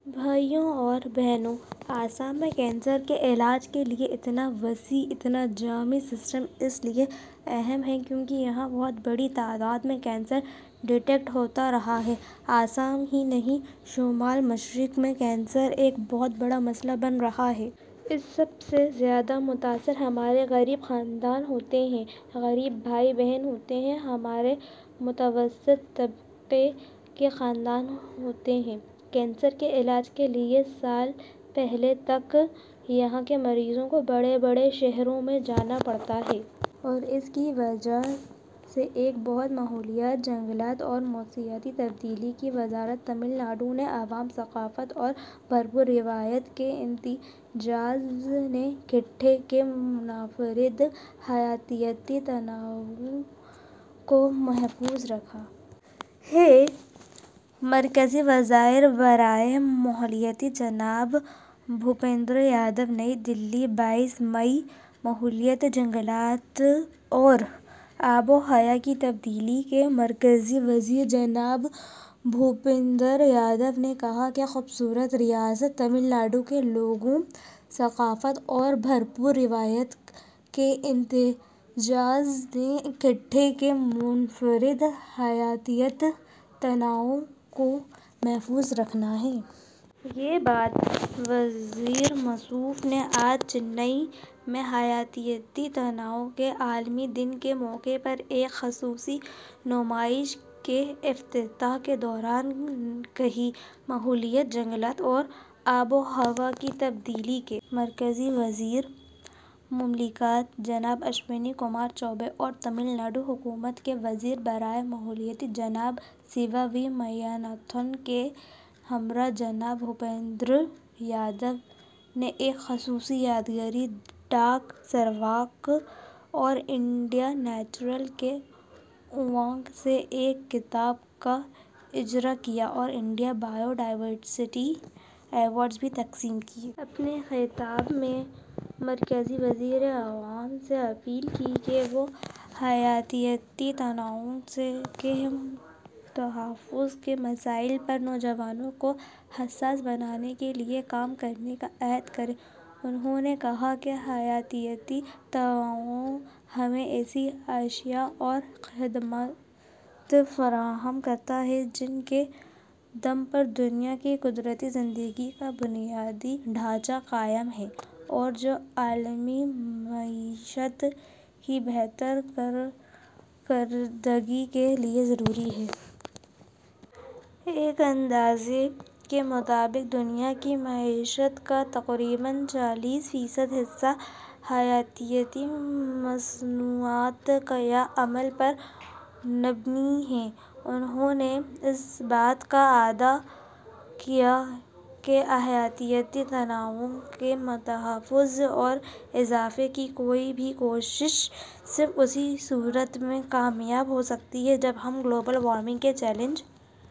بھائیو اور بہنو، آسام میں کینسر کے علاج کے لیے اتنا وسیع، اتنا جامع سسٹم اس لیے اہم ہے کہ یہاں بہت بڑی تعداد میں کینسر ڈیٹیکٹ ہوتا رہا ہے۔ آسام ہی نہیں، شمال مشرق میں کینسر ایک بہت بڑا مسئلہ بن رہا ہے۔ اس سے سب سے زیادہ متاثر ہمارے غریب خاندان ہوتے ہیں، غریب بھائی بہن ہوتے ہیں، ہمارے متوسط طبقے کے خاندان ہوتے ہیں۔ کینسر کے علاج کے لیے کچھ سال پہلے تک یہاں کے مریضوں کو بڑے بڑے شہروں میں جانا پڑتا تھا۔ اور اس کی وجہ سے ایک بہت... ماحولیات، جنگلات اور موسمیاتی تبدیلی کی وزارت تمل ناڈو کے عوام، ثقافت اور بھرپور روایت کے امتزاج نے خطے کے منفرد حیاتیاتی تنوع کو محفوظ رکھا ہے: مرکزی وزیر برائے ماحولیات جناب بھوپندر یادو نئی دہلی، بائیس مئی: ماحولیات، جنگلات اور آب و ہوا کی تبدیلی کے مرکزی وزیر جناب بھوپندر یادو نے کہا کہ "خوبصورت ریاست تمل ناڈو کے لوگوں، ثقافت اور بھرپور روایت کے امتزاج نے خطے کے منفرد حیاتیاتی تنوع کو محفوظ رکھا ہے۔" یہ بات وزیر موصوف نے آج چنئی میں حیاتیاتی تنوع کے عالمی دن کے موقع پر ایک خصوصی نمائش کے افتتاح کے دوران کہی۔ ماحولیات، جنگلات اور آب و ہوا کی تبدیلی کے مرکزی وزیر مملکت جناب اشونی کمار چوبے اور تمل ناڈو حکومت کے وزیر برائے ماحولیات جناب سیوا وی میاناتھن کے ہمراہ جناب بھوپندر یادو نے ایک خصوصی یادگاری ڈاک سرورق اور ''انڈیا نیچرل'' کے عنوان سے ایک کتاب کا اجرا کیا اور انڈیا بائیو ڈائورسٹی ایوارڈز بھی تقسیم کیے۔ اپنے خطاب میں مرکزی وزیر نے عوام سے اپیل کی کہ وہ حیاتیاتی تنوع کے تحفظ کے مسائل پر نوجوانوں کو حساس بنانے کے لیے کام کرنے کا عہد کریں۔ انھوں نے کہا کہ حیاتیاتی تنوع ہمیں ایسی اشیا اور خدمات فراہم کرتا ہے، جن کے دم پر دنیا کا قدرتی زندگی کا بنیادی ڈھانچا قائم ہے اور جو عالمی معیشت کی بہتر کارکردگی کے لیے ضروری ہیں۔ ایک اندازے کے مطابق دنیا کی معیشت کا تقریباً چالیس فیصد حصہ حیاتیاتی مصنوعات یا عمل پر مبنی ہے۔ انھوں نے اس بات کا اعادہ کیا کہ حیاتیاتی تنوع کے تحفظ اور اضافے کی کوئی بھی کوشش صرف اسی صورت میں کامیاب ہو سکتی ہے جب ہم گلوبل وارمنگ کے چیلنج...